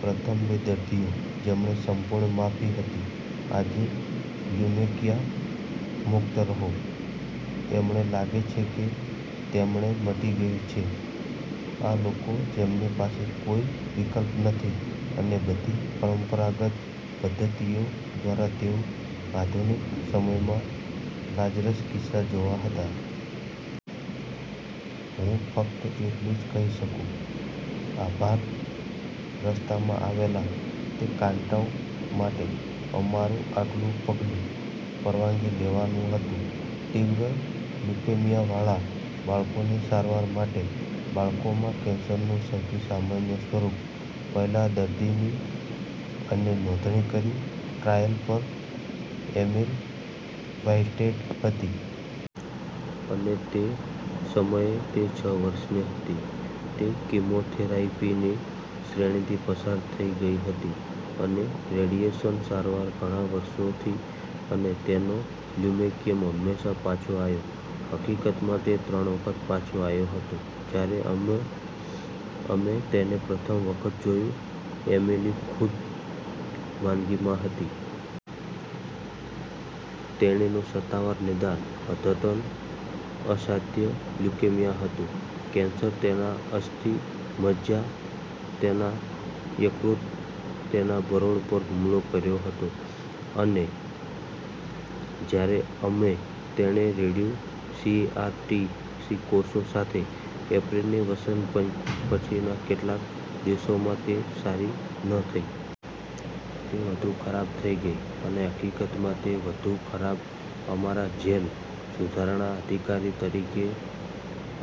પ્રથમ બે દર્દીઓ જેમને સંપૂર્ણ માફી હતી આજે લ્યુકેમિયા મુક્ત રહો. અમણે લાગે છે કે તેમણે મટી ગયું છે. આ લોકો છે જેમની પાસે કોઈ વિકલ્પ નથી અને બધી પરંપરાગત પદ્ધતિઓ દ્વારા તેઓ આધુનિક સમયના લાજરસના કિસ્સા જેવા હતા. હું ફક્ત એટલું જ કહી શકું, "આભાર રસ્તામાં આવેલા તે કાંટો માટે". અમારું આગલું પગલું પરવાનગી લેવાનું હતું તીવ્ર લ્યુકેમિયાવાળા બાળકોની સારવાર માટે, બાળકોમાં કેન્સરનું સૌથી સામાન્ય સ્વરૂપ. પહેલા દર્દીની અમે નોંધણી કરી ટ્રાયલ પર એમિલી વ્હાઇટહેડ હતી. અને તે સમયે તે છ વર્ષની હતી. તે કીમોથેરાપીની શ્રેણીથી પસાર થઈ ગઈ હતી અને રેડિયેશન સારવાર ઘણા વર્ષોથી અને તેનો લ્યુકેમિયા હંમેશાં પાછો આવ્યો. હકીકતમાં તે ત્રણ વખત પાછો આવ્યો હતો. જ્યારે અમે તેને પ્રથમ વખત જોયું, એમિલી ખૂબ માંદગીમાં હતી. તેણીનું સત્તાવાર નિદાન અદ્યતન અસાધ્ય લ્યુકેમિયા હતું. કેન્સર તેના અસ્થિ મજ્જા, તેના યકૃત, તેના બરોળ પર હુમલો કર્યો હતો અને જ્યારે અમે તેને રેડ્યું સીએઆર ટી કોષો સાથે એપ્રિલની વસંત પછીના કેટલાક દિવસોમાં તે સારી ન થઈ. તે વધુ ખરાબ થઈ ગઈ અને હકીકતમાં, તે વધુ ખરાબ. અમારા જેલ સુધારણા અધિકારી તરીકે તે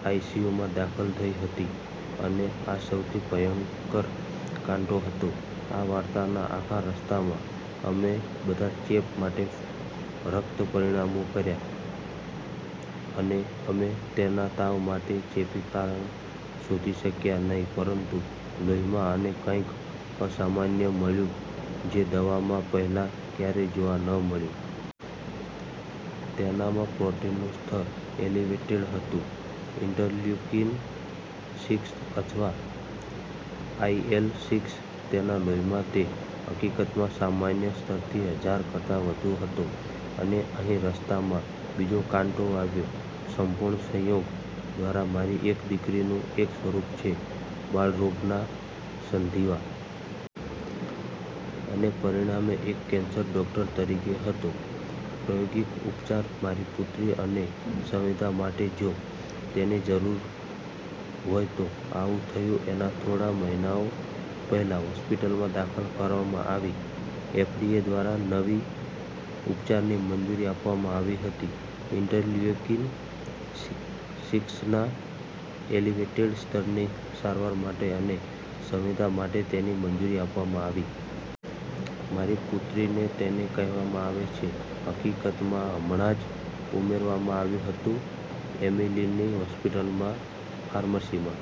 આઈસીયુમાં દાખલ થઈ હતી અને આ સૌથી ભયંકર કાંટો હતો આ વાર્તાના આખા રસ્તામાં. અમે બધા ચેપ માટે રક્ત પરીક્ષણો કર્યા અને અમે તેના તાવ માટે ચેપી કારણ શોધી શક્યા નહીં પરંતુ લોહીમાં અમને કંઈક અસામાન્ય મળ્યું જે દવામાં પહેલાં ક્યારેય જોવા ન મળ્યું. તેનામાં પ્રોટીનનું સ્તર એલિવેટેડ હતું. ઇન્ટરલ્યુકિન સિક્સ, અથવા આઇએલ સિક્સ તેના લોહીમાં. તે હકીકતમાં સામાન્ય સ્તરથી હજાર કરતા વધુ હતો અને અહી રસ્તામાં બીજો કાંટો આવ્યો. સંપૂર્ણ સંયોગ દ્વારા મારી એક દીકરીનું એક સ્વરૂપ છે બાળરોગના સંધિવા. અને પરિણામે એક કેન્સર ડૉક્ટર તરીકે હતો પ્રાયોગિક ઉપચાર મારી પુત્રી અને સંધિવા માટે જો તેને તેની જરૂર હોય તો. આવું થયું એના થોડા મહિનાઓ પહેલાં હોસ્પિટલમાં દાખલ કરવામાં આવી એફડીએ દ્વારા નવી ઉપચારની મંજૂરી આપવામાં આવી હતી ઇન્ટરલેયુકિન સિક્સ ના એલિવેટેડ સ્તરની સારવાર માટે અને સંધિવા માટે તેને મંજૂરી આપવામાં આવી. મારી પુત્રી ને તેને કહેવામાં આવે છે. હકીકતમાં, હમણાં જ ઉમેરવામાં આવ્યું હતું એમિલીની હોસ્પિટલમાં ફાર્મસીમાં.